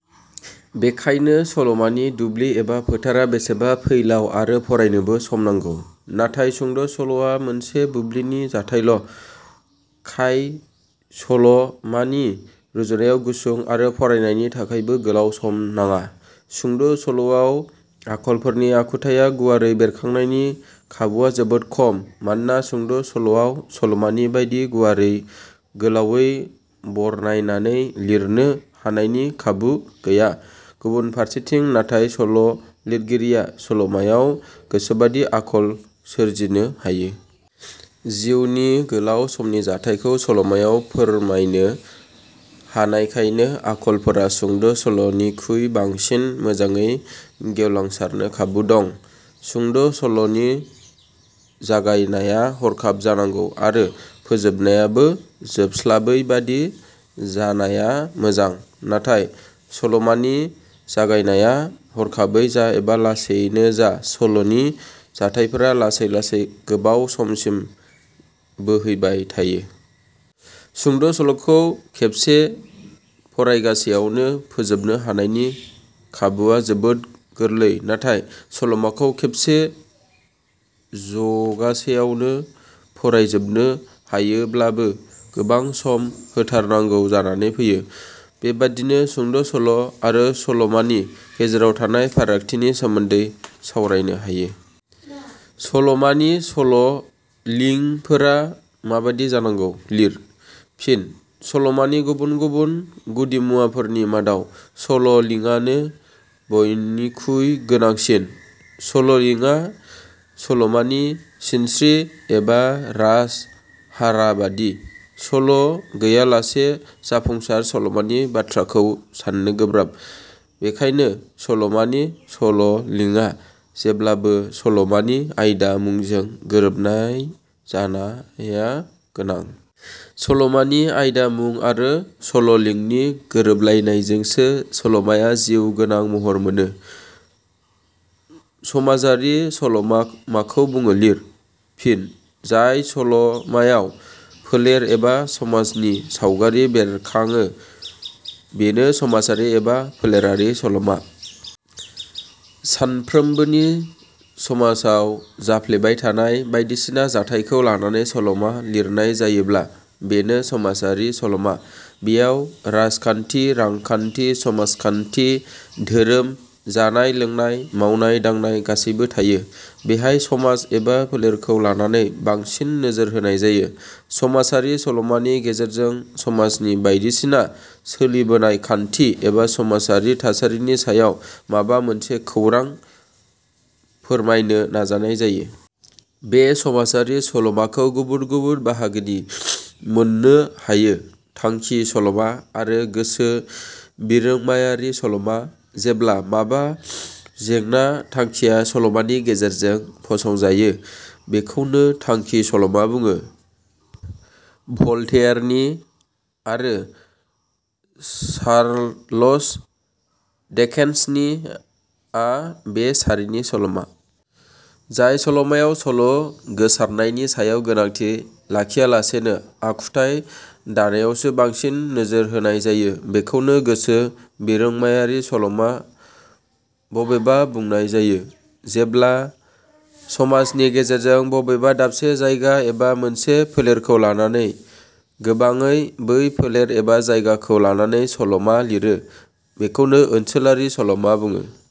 बेखायनो सलमानि दुब्लि एबा फोथारा बेसेबा फैलाव आरो फरायनोबो सम नांगौ। नाथाय सुंद' सल'आ मोनसे बुब्लिनि जाथाइल 'खाय सल 'मानि रुजुनायाव गुसुं आरो फरायनायनि थाखायबो गोलाव सम नाङा। सुंद' सल'आव आखलफोरनि आखुथाइया गुवारै बेरखांनायनि खाबुवा जोबोद खम, मानोना सुंद' सल'आव सल'मानि बादि गुवारै, गोलावै बरनायनानै लिरनो हानायनि खाबु गैया, गुबुन फारसेथिं नाथाय सल' मागिरिया सल'मायाव गोसोबादि आखल सोरजिनो हायो। जिउनि गोलाउ समनि जाथाइखौ सल'मायाव फोरमायनो हानायखायनो आखलफोरा सुंद' सल 'निखुइ बांसिन मोजाङै गेवलांसारनो खाबु दं। सुंद' सल 'नि जागायनाया हरखाब जानांगौ आरो फोजोबनायाबो जोबस्लाबै बादि जानाया मोजां, नाथाय सलमानि जागायनाया हरखाबैनो जा एबा लासैयैनो जा सल'नि जाथाइफोरा लासै लासै गोबाव समसिम बोहैबाय थायो। सुंद' सल 'खौ खेबसे फरायगासेयावनो फोजोबनो हानायनि खाबुवा जोबोद गोरलै नाथाय सल'माखौ खेबसे जगासेयावनो फरायजोबनो हायोब्लाबो गोबां सम होथारनांगौ जानानै फैयो। बेबादिनो सुंद' सल' आरो सल 'मानि गेजेराव थानाय फारागथिफोरनि सोमोन्दै सावरायनो हायो। सलमानि सल 'लिं फोरा माबादि जानांगौ, लिर। फिन: सल'मानि गुबुन गुबुन गुदिमुवाफोरनि मादाव सल'लिंआनो बयनिखुइ गोनांसिन। सल'लिंआ सलमानि सिनस्रि एबा राज हाराबादि। सल' गैयालासे जाफुंसार सलमानि बाथ्राखौ साननो गोब्राब। बेखायनो सल'मानि सल 'लिंआ जेब्लाबो सलमानि आयदा मुंजों गोरोबनाय जानाया गोनां। सलमानि आयदा मुं आरो सल 'लिंनि गोरोबलायनायजोंसो सल 'माया जिउ गोनां महर मोनो। समाजारि सल 'मा माखौ बुङो लिर? फिन: जाय सल 'मायाव फोलेर एबा समाजनि सावगारि बेरखाडो बेनो समाजारि एबा फोलेरारि सल'मा। सानफ्रोमबोनि समाजाव जाफ्लेबायथानाय बायदिसिना जाथाइखौ लानानै सल'मा लिरनाय जायोब्ला बेनो समाजारि सलमा। बेयाव राजखान्थि, रांखान्थि, समाजखान्थि, धोरोम, जानाय- लोंनाय मावनाय-दांनाय गासैबो थायो। बेवहाय समाज एबा फोलेरखौ लानानै बांसिन नोजोर होनाय जायो। समाजारि सल 'मानि गेजेरजों समाजनि बायदिसिना सोलिबोनाय खान्थि एबा समाजारि थासारिनि सायाव माबा मोनसे खौरां फोरमायनो नाजानाय जायो। बे समाजारि सल'माखौ गुबुन गुबुन बाहागोनि मोननो हायो-थांखि सल'मा आरो गोसो बिरोंमायारि सल'मा। जेब्ला माबा जेंना थांखिया सलमानि गेजेरजों फसंजायो बेखौनो थांखि सल'मा बुङो। भलतेयारनि "" आरो सार्लच डिकेन्सनि "" आ बे सारिनि सल'मा। जाय सल'मायाव सल' गोसारनायनि सायाव गोनांथि लाखियालासेनो आखुथाइ दानायावसो बांसिन नोजोर होनाय जायो बेखौनो गोसो बिरोंमायारि सल 'मा बबेबा बुंनाय जायो। जेब्ला सलमानि गेजेरजों बबेबा दाबसे जायगा एबा मोनसे फोलेरखौ लानानै गोबाडै बै फोलेर एबा जायगाखौ लानानै सल 'मा लिरो बेखौनो ओनसोलारि सल'मा बुङो।